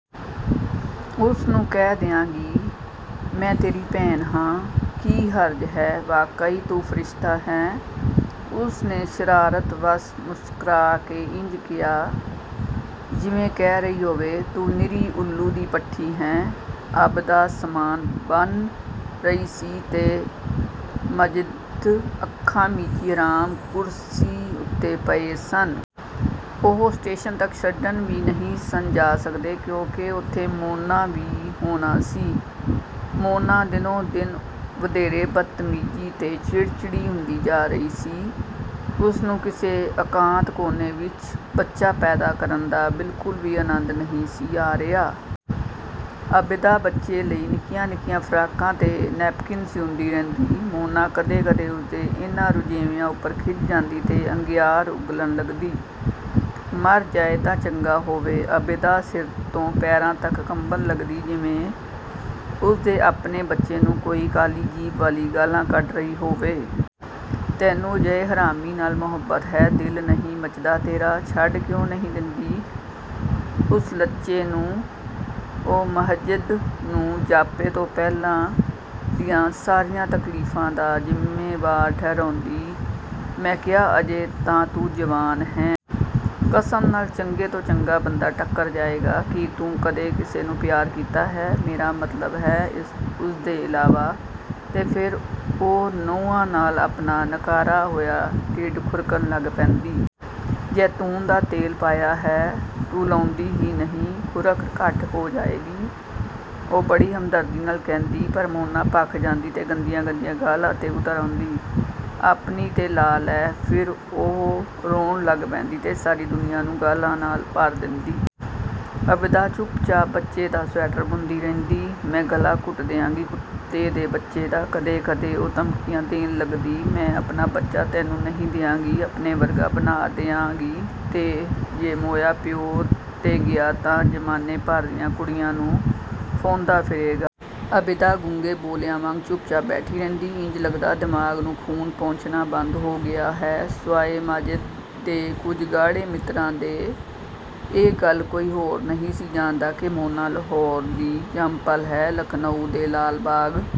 "ਉਸਨੂੰ ਕਹਿ ਦਿਆਂਗੀ, ਮੈਂ ਤੇਰੀ ਭੈਣ ਹਾਂ।" "ਕੀ ਹਰਜ਼ ਹੈ।" "ਵਾਕਈ ਤੂੰ ਫਰਿਸ਼ਤਾ ਹੈਂ।" ਉਸਨੇ ਸ਼ਰਾਰਤ ਵੱਸ ਮੁਸਕਰਾ ਕੇ ਇੰਜ ਕਿਹਾ ਜਿਵੇਂ ਕਹਿ ਰਹੀ ਹੋਵੇ, 'ਤੂੰ ਨਿਰੀ ਊੱਲੂ ਦੀ ਪੱਠੀ ਹੈਂ।'ਆਬਿਦਾ ਸਾਮਾਨ ਬੰਨ੍ਹ ਰਹੀ ਸੀ ਤੇ ਮਾਜਿਦ ਅੱਖਾਂ ਮੀਚੀ ਆਰਾਮ ਕੁਰਸੀ ਉੱਤੇ ਪਏ ਸਨ। ਉਹ ਸਟੇਸ਼ਨ ਤੱਕ ਛੱਡਣ ਵੀ ਨਹੀਂ ਸਨ ਜਾ ਸਕਦੇ, ਕਿਉਂਕਿ ਉੱਥੇ ਮੋਨਾ ਵੀ ਹੋਣੀ ਸੀ। ਮੋਨਾ ਦਿਨੋਂ-ਦਿਨ ਵਧੇਰੇ ਬਦਤਮੀਜ਼ ਤੇ ਚਿੜਚਿੜੀ ਹੁੰਦੀ ਜਾ ਰਹੀ ਸੀ। ਉਸਨੂੰ ਕਿਸੇ ਇਕਾਂਤ ਕੋਨੇ ਵਿੱਚ ਬੱਚਾ ਪੈਦਾ ਕਰਨ ਦਾ ਬਿਲਕੁਲ ਵੀ ਆਨੰਦ ਨਹੀਂ ਸੀ ਆ ਰਿਹਾ। ਆਬਿਦਾ ਬੱਚੇ ਲਈ ਨਿੱਕੀਆਂ-ਨਿੱਕੀਆਂ ਫਰਾਕਾਂ ਤੇ ਨੇਪਕਿਨ ਸਿਉਂਦੀ ਰਹਿੰਦੀ। ਮੋਨਾ ਕਦੇ-ਕਦੇ ਉਸਦੇ ਇਹਨਾਂ ਰੁਝੇਵਿਆਂ ਉੱਪਰ ਖਿਝ ਜਾਂਦੀ ਤੇ ਅੰਗਿਆਰ ਉਗਲਣ ਲੱਗਦੀ, "ਮਰ ਜਾਏ ਤਾਂ ਚੰਗਾ ਹੋਵੇ।" ਆਬਿਦਾ ਸਿਰ ਤੋਂ ਪੈਰਾਂ ਤੱਕ ਕੰਬਣ ਲੱਗਦੀ ਜਿਵੇਂ, ਉਸਦੇ ਆਪਣੇ ਬੱਚੇ ਨੂੰ ਕੋਈ ਕਾਲੀ ਜੀਭ ਵਾਲੀ ਗਾਲ੍ਹਾਂ ਕੱਢ ਰਹੀ ਹੋਵੇ। "ਤੈਨੂੰ ਅਜਿਹੇ ਹਰਾਮੀ ਨਾਲ ਮੁਹੱਬਤ ਹੈ? ਦਿਲ ਨਹੀਂ ਮੱਚਦਾ ਤੇਰਾ? ਛੱਡ ਕਿਉਂ ਨਹੀਂ ਦਿੰਦੀ ਉਸ ਲੱਚੇ ਨੂੰ...?" ਉਹ ਮਾਜਿਦ ਨੂੰ ਜਾਪੇ ਤੋਂ ਪਹਿਲਾਂ ਦੀਆਂ ਸਾਰੀਆਂ ਤਕਲੀਫ਼ਾਂ ਦਾ ਜ਼ਿੰਮੇਵਾਰ ਠਹਿਰਾਉਂਦੀ, "ਮੈਂ ਕਿਹਾ ਅਜੇ ਤਾਂ ਤੂੰ ਜਵਾਨ ਹੈਂ। ਕਸਮ ਨਾਲ ਚੰਗੇ ਤੋਂ ਚੰਗਾ ਬੰਦਾ ਟੱਕਰ ਜਾਏਗਾ। ਕੀ ਤੂੰ ਕਦੇ ਕਿਸੇ ਨੂੰ ਪਿਆਰ ਕੀਤਾ ਹੈ? ਮੇਰਾ ਮਤਲਬ ਹੈ ਉਸਦੇ ਇਲਾਵਾ..." ਤੇ ਫਿਰ ਉਹ ਨਹੁੰਆਂ ਨਾਲ ਆਪਣਾ ਨਕਾਰਾ ਹੋਇਆ ਢਿੱਡ ਖੁਰਕਣ ਲੱਗ ਪੈਂਦੀ। "ਜੈਤੂਨ ਦਾ ਤੇਲ ਪਿਆ ਹੈ, ਤੂੰ ਲਾਉਂਦੀ ਹੀ ਨਹੀਂ; ਖੁਰਕ ਘੱਟ ਹੋ ਜਾਏਗੀ..." ਉਹ ਬੜੀ ਹਮਦਰਦੀ ਨਾਲ ਕਹਿੰਦੀ ਪਰ ਮੋਨਾ ਭਖ ਜਾਂਦੀ ਤੇ ਗੰਦੀਆਂ-ਗੰਦੀਆਂ ਗਾਲ੍ਹਾਂ 'ਤੇ ਉਤਰ ਆਉਂਦੀ...: "ਆਪਣੀ...'ਤੇ ਲਾ ਲੈ।" ਫਿਰ ਉਹ ਰੋਣ ਲੱਗ ਪੈਂਦੀ ਤੇ ਸਾਰੀ ਦੁਨੀਆਂ ਨੂੰ ਗਾਲ੍ਹਾਂ ਨਾਲ ਭਰ ਦੇਂਦੀ। ਆਬਿਦਾ ਚੁੱਪਚਾਪ ਬੱਚੇ ਦਾ ਸਵੈਟਰ ਬੁਣਦੀ ਰਹਿੰਦੀ। "ਮੈਂ ਗਲਾ ਘੁੱਟ ਦਿਆਂਗੀ ਕੁੱਤੇ ਦੇ ਬੱਚੇ ਦਾ," ਕਦੇ-ਕਦੇ ਉਹ ਧਮਕੀਆਂ ਦੇਣ ਲੱਗਦੀ, "ਮੈਂ ਆਪਣਾ ਬੱਚਾ ਤੈਨੂੰ ਨਹੀਂ ਦਿਆਂਗੀ। ਆਪਣੇ ਵਰਗਾ ਬਣਾ ਦਿਆਂਗੀ... ਤੇ ਜੇ ਮੋਇਆ ਪਿਓ 'ਤੇ ਗਿਆ ਤਾਂ ਜ਼ਮਾਨੇ ਭਰ ਦੀਆਂ ਕੁੜੀਆਂ ਨੂੰ ਫਾਹੁੰਦਾ ਫਿਰੇਗਾ। ਆਬਿਦਾ ਗੂੰਗੇ-ਬੋਲਿਆਂ ਵਾਂਗ ਚੁੱਪਚਾਪ ਬੈਠੀ ਰਹਿੰਦੀ। ਇੰਜ ਲੱਗਦਾ, ਦਿਮਾਗ਼ ਨੂੰ ਖੂਨ ਪਹੁੰਚਣਾ ਬੰਦ ਹੋ ਗਿਆ ਹੈ। ਸਿਵਾਏ ਮਾਜਿਦ ਦੇ ਕੁਝ ਗੂੜ੍ਹੇ ਮਿੱਤਰਾਂ ਦੇ ਇਹ ਗੱਲ ਕੋਈ ਹੋਰ ਨਹੀਂ ਸੀ ਜਾਣਦਾ ਕਿ ਮੋਨਾ ਲਾਹੌਰ ਦੀ ਜੰਮ-ਪਲ ਸੀ। ਲਖ਼ਨਊ ਦੇ ਲਾਲ ਬਾਗ